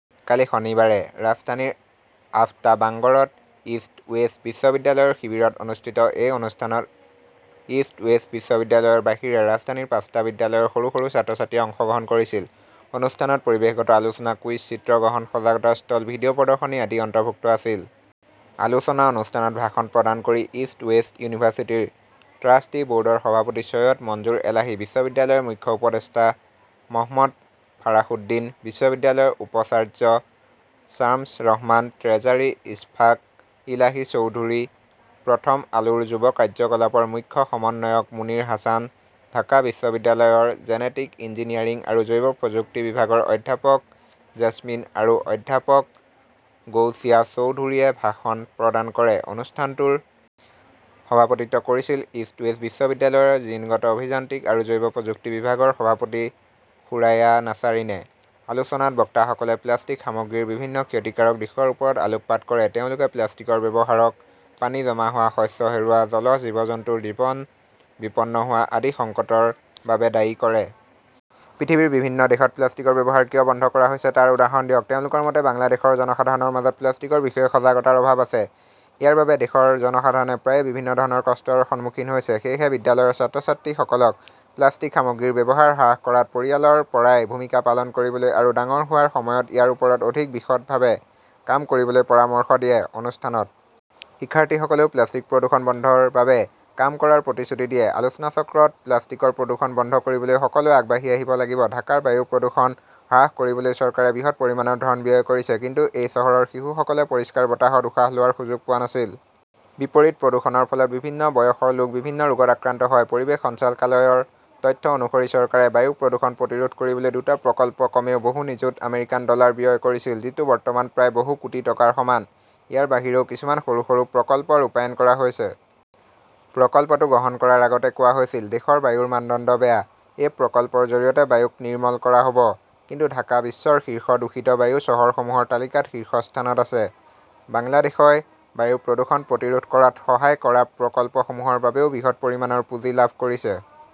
কালি শনিবাৰে ৰাজধানীৰ আফতাবাংগৰত east west বিশ্ববিদ্যালয়ৰ শিবিৰত অনুষ্ঠিত এই অনুষ্ঠানত ইষ্ট ৱেষ্ট বিশ্ববিদ্যালয়ৰ বাহিৰে ৰাজধানীৰ পাঁচটা বিদ্যালয়ৰ সৰু সৰু ছাত্ৰ-ছাত্ৰীয়ে অংশগ্ৰহণ কৰিছিল। অনুষ্ঠানত পৰিৱেশগত আলোচনা, কুইজ, চিত্ৰগ্ৰহণ, সজাগতা ষ্টল, ভিডিঅ 'প্ৰদৰ্শনী আদি অন্তৰ্ভুক্ত আছিল। আলোচনা অনুষ্ঠানত ভাষণ প্ৰদান কৰি ইষ্ট ৱেষ্ট ইউনিভাৰ্চিটিৰ ট্ৰাষ্টী ব'ৰ্ডৰ সভাপতি চৈয়দ মঞ্জুৰ এলাহী, বিশ্ববিদ্যালয়ৰ মুখ্য উপদেষ্টা মহম্মদ ফাৰাসুদ্দিন, বিশ্ববিদ্যালয়ৰ উপাচাৰ্য শামছ ৰহমান, ট্ৰেজাৰী ইছফাক ইলাহি চৌধুৰী, প্ৰথম আলোৰ যুৱ কাৰ্যকলাপৰ মুখ্য সমন্বয়ক মুনিৰ হাছান, ঢাকা বিশ্ববিদ্যালয়ৰ জেনেটিক ইঞ্জিনিয়াৰিং আৰু জৈৱ প্ৰযুক্তি বিভাগৰ অধ্যাপক জেছমিন আৰু অধ্যাপক গৌচিয়া চৌধুৰীয়ে ভাষণ প্ৰদান কৰে। অনুষ্ঠানটোৰ সভাপতিত্ব কৰিছিল ইষ্ট ৱেষ্ট বিশ্ববিদ্যালয়ৰ জিনগত অভিযান্ত্ৰিক আৰু জৈৱ প্ৰযুক্তি বিভাগৰ সভাপতি সুৰাইয়া নাছাৰিনে। আলোচনাত বক্তাসকলে প্লাষ্টিক সামগ্ৰীৰ বিভিন্ন ক্ষতিকাৰক দিশৰ ওপৰত আলোকপাত কৰে। তেওঁলোকে প্লাষ্টিকৰ ব্যৱহাৰক পানী জমা হোৱা, শস্য হেৰুওৱা, জলজ জীৱ-জন্তুৰ জীৱন বিপন্ন হোৱা আদি সংকটৰ বাবে দায়ী কৰে। পৃথিৱীৰ বিভিন্ন দেশত প্লাষ্টিকৰ ব্যৱহাৰ কিয় বন্ধ কৰা হৈছে তাৰ উদাহৰণ দিয়ক। তেওঁলোকৰ মতে, বাংলাদেশৰ জনসাধাৰণৰ মাজত প্লাষ্টিকৰ বিষয়ে সজাগতাৰ অভাৱ আছে। ইয়াৰ বাবে দেশৰ জনসাধাৰণে প্ৰায়ে বিভিন্ন ধৰণৰ কষ্টৰ সন্মুখীন হৈছে। সেয়েহে, বিদ্যালয়ৰ ছাত্ৰ-ছাত্ৰীসকলক প্লাষ্টিক সামগ্ৰীৰ ব্যৱহাৰ হ্ৰাস কৰাত পৰিয়ালৰ পৰাই ভূমিকা পালন কৰিবলৈ আৰু ডাঙৰ হোৱাৰ সময়ত ইয়াৰ ওপৰত অধিক বিশদভাৱে কাম কৰিবলৈ পৰামৰ্শ দিয়ে। অনুষ্ঠানত শিক্ষাৰ্থীসকলেও প্লাষ্টিক প্ৰদূষণ বন্ধৰ বাবে কাম কৰাৰ প্ৰতিশ্ৰুতি দিয়ে। আলোচনাচক্ৰত প্লাষ্টিকৰ প্ৰদূষণ বন্ধ কৰিবলৈ সকলোৱে আগবাঢ়ি আহিব লাগিব ঢাকাৰ বায়ু প্ৰদূষণ হ্ৰাস কৰিবলৈ চৰকাৰে বৃহৎ পৰিমাণৰ ধন ব্যয় কৰিছে। কিন্তু এই চহৰৰ শিশুসকলে পৰিষ্কাৰ বতাহত উশাহ লোৱাৰ সুযোগ পোৱা নাছিল। বিপৰীত প্ৰদূষণৰ ফলত বিভিন্ন বয়সৰ লোক বিভিন্ন ৰোগত আক্ৰান্ত হয়। পৰিৱেশ সঞ্চালকালয়ৰ তথ্য অনুসৰি, চৰকাৰে বায়ু প্ৰদূষণ প্ৰতিৰোধ কৰিবলৈ দুটা প্ৰকল্পত কমেও বহু নিযুত আমেৰিকান ডলাৰ ব্যয় কৰিছিল, যিটো বৰ্তমান প্ৰায় বহু কোটি টকাৰ সমান। ইয়াৰ বাহিৰেও কিছুমান সৰু সৰু প্ৰকল্প ৰূপায়ণ কৰা হৈছে। প্ৰকল্পটো গ্ৰহণ কৰাৰ আগতে কোৱা হৈছিল, 'দেশৰ বায়ুৰ মানদণ্ড বেয়া'। এই প্ৰকল্পৰ জৰিয়তে বায়ুক 'নিৰ্মল' কৰা হ'ব। কিন্তু ঢাকা বিশ্বৰ শীৰ্ষ দূষিত বায়ু চহৰসমূহৰ তালিকাত শীৰ্ষস্থানত আছে। বাংলাদেশই বায়ু প্ৰদূষণ প্ৰতিৰোধ কৰাত সহায় কৰা প্ৰকল্পসমূহৰ বাবেও বৃহৎ পৰিমাণৰ পুঁজি লাভ কৰিছে।